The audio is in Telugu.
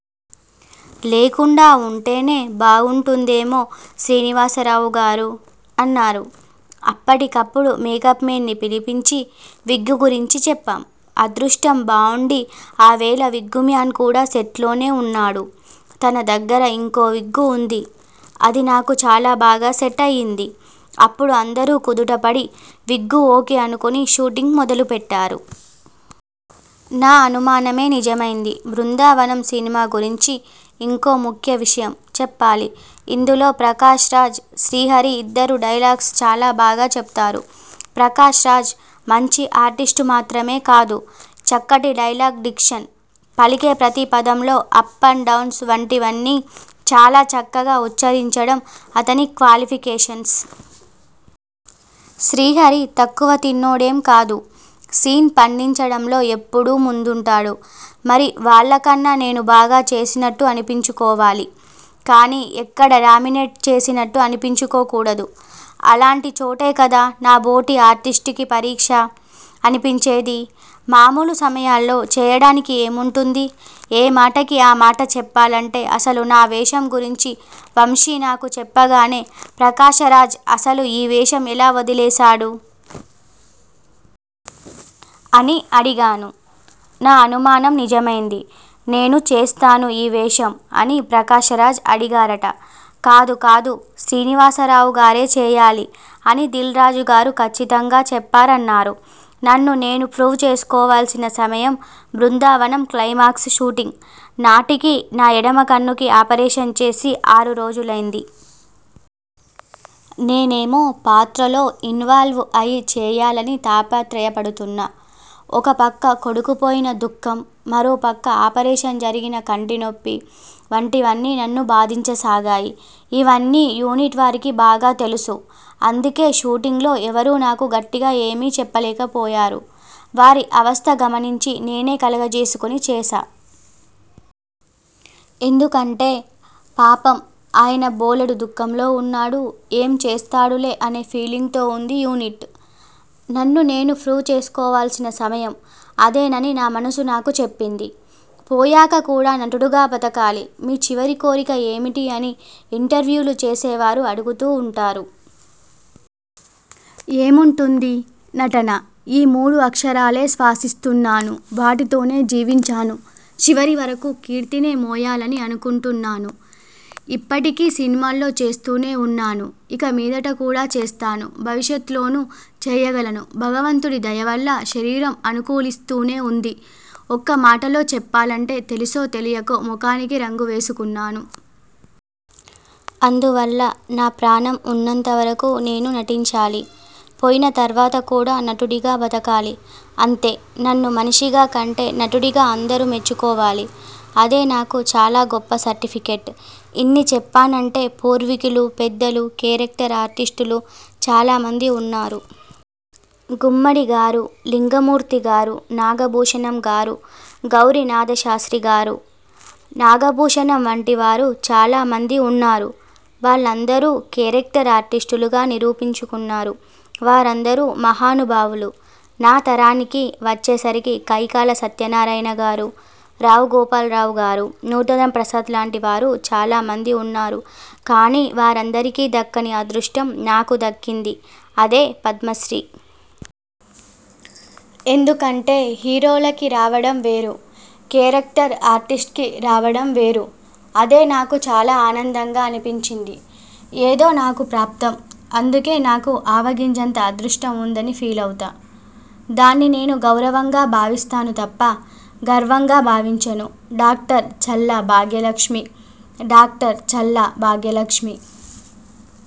లేకుండా ఉంటేనే బావుంటుందేమో శ్రీనివాసరావుగారూ' అన్నారు. అప్పటికప్పుడు మేకప్ మేన్ ని పిలిపించి విగ్గు గురించి చెప్పాం. అదృష్టం బావుండి ఆ వేళ విగ్గుమ్యాన్ కూడా సెట్లోనే ఉన్నాడు. తన దగ్గర ఇంకో విగ్గు ఉంది. అది నాకు చాలా బాగా సెట్ అయింది. అప్పుడు అందరూ కుదుటపడి విగ్గు ఓకే అనుకుని షూటింగ్ మొదలుపెట్టారు. నా అనుమానమే నిజమైంది బృందావనం సినిమా గురించి ఇంకో ముఖ్య విషయం చెప్పాలి. ఇందులో ప్రకాశరాజ్, శ్రీహరి ఇద్దరూ డైలాగ్స్ చాలా బాగా చెబుతారు. ప్రకాశరాజ్ మంచి ఆర్టిస్ట్ మాత్రమే కాదు. చక్కటి డైలాగ్ డిక్షన్, పలికే ప్రతి పదంలో అప్ అండ్ డౌన్స్ వంటివన్నీ చాలా చక్కగా ఉచ్ఛరించడం అతని క్వాలిఫికేషన్స్. శ్రీహరి తక్కువ తిన్నోడేం కాదు. సీన్ పండించడంలో ఎప్పుడూ ముందుంటాడు. మరి వాళ్ళకన్నా నేను బాగా చేసినట్టు అనిపించుకోవాలి, కానీ ఎక్కడా డామినేట్ చేసినట్టు అనిపించుకోకూడదు. అలాంటి చోటే కదా నాబోటి ఆర్టిస్టుకి పరీక్ష అనిపించేది. మామూలు సమయాల్లో చేయడానికి ఏముంటుంది? ఏమాటకి ఆమాట చెప్పాలంటే అసలు నా వేషం గురించి వంశీ నాకు చెప్పగానే 'ప్రకాశరాజ్ అసలు ఈ వేషం ఎలా వదిలేశాడు? ' అని అడిగాను. నా అనుమానం నిజమైంది. 'నేను చేస్తాను ఈ వేషం' అని ప్రకాశ్రాజ్ అడిగారట. 'కాదు, కాదు, శ్రీనివాసరావుగారే చేయాలి' అని దిల్ రాజుగారు కచ్చితంగా చెప్పారన్నారు. నన్ను నేను ప్రూవ్ చేసుకోవాల్సిన సమయం బృందావనం క్లైమాక్స్ షూటింగ్ నాటికి నా ఎడమ కన్నుకి ఆపరేషన్ చేసి ఆరు రోజులైంది. నేనేమో పాత్రలో ఇన్వాల్వ్ అయి చేయాలని తాపత్రయపడుతున్నా. ఒక పక్క కొడుకు పోయిన దుఃఖం, మరోపక్క ఆపరేషన జరిగిన కంటినొప్పి వంటివన్నీ నన్ను బాధించసాగాయి. ఇవన్నీ యూనిట్ వారికి బాగా తెలుసు. అందుకే షూటింగ్లో ఎవరూ నాకు గట్టిగా ఏమీ చెప్పలేకపోయారు. వారి అవస్త గమనించి నేనే కలగజేసుకుని చేశా. ఎందుకంటే, 'పాపం ఆయన బోలెడు దుఃఖంలో ఉన్నాడు. ఏం చేస్తాడులే' అనే ఫీలింగ్ తో ఉంది యూనిట్. నన్ను నేను ప్రూవ్ చేసుకోవాల్సిన సమయం అదేనని నా మనసు నాకు చెప్పింది. పోయాక కూడా నటుడుగా బతకాలి'మీచివరి కోరిక ఏమిటి' అని ఇంటర్వ్యూలు చేసేవారు అడుగుతూ ఉంటారు. ఏముంటుంది? నటన. ఈ మూడు అక్షరాలే శ్వాసిస్తున్నాను. వాటితోనే జీవించాను. చివరి వరకు కీర్తినే మోయాలని అనుకుంటున్నాను. ఇప్పటికీ సినిమాల్లో చేస్తూనే ఉన్నాను. ఇక మీదట కూడా చేస్తాను. భవిష్యత్తులోనూ చేయగలను. భగవంతుడి దయవల్ల శరీరం అనుకూలిస్తూనే ఉంది. ఒక్క మాటలో చెప్పాలంటే, 'తెలిసో తెలియకో మొఖానికి రంగు వేసుకున్నాను. అందువల్ల నా ప్రాణం ఉన్నంత వరకు నేను నటించాలి. పోయిన తర్వాత కూడా నటుడిగా బతకాలి, అంతే. నన్ను మనిషిగా కంటే నటుడిగా అందరూ మెచ్చుకోవాలి. అదే నాకు చాలా గొప్ప సర్టిఫికెట్ '. ఇన్ని చెప్పానంటే పూర్వీకులు పెద్దలు, కేరక్టర్ ఆర్టిస్టులు చాలా మంది ఉన్నారు. గుమ్మడిగారు, లింగమూర్తిగారు. నాగభూషణంగారు, గౌరినాథశాస్త్రిగారు, నాగభూషణం వంటివారు చాలా మంది ఉన్నారు. వాళ్ళందరూ కేరక్టర్ ఆర్టిస్టులుగా నిరూపించుకున్నారు. వారందరూ మహానుభావులు. నా తరానికి వచ్చేసరికి కైకాల సత్యనారాయణగారు, రావు గోపాలరావుగారు, నూతనప్రాద్లాంటివారు చాలా మంది ఉన్నారు. కానీ వారందరికీ దక్కని అదృష్టం నాకు దక్కింది. అదే పద్మశ్రీ. ఎందుకంటే హీరోలకి రావడం వేరు, కేరక్టర్ ఆర్టిస్ట్కి రావడంవేరు. అదే నాకు చాలా ఆనందంగా అనిపించింది. ఏదో నాకు ప్రాప్తం. అందుకే నాకు ఆవగింజంత అదృష్టం ఉందని ఫీలవుతా. దాన్ని నేను గౌరవంగా భావిస్తాను తప్ప, గర్వంగా భావించను. Doctor Challa Bhagyalakshmi doctor Challa Bhagyalakshmi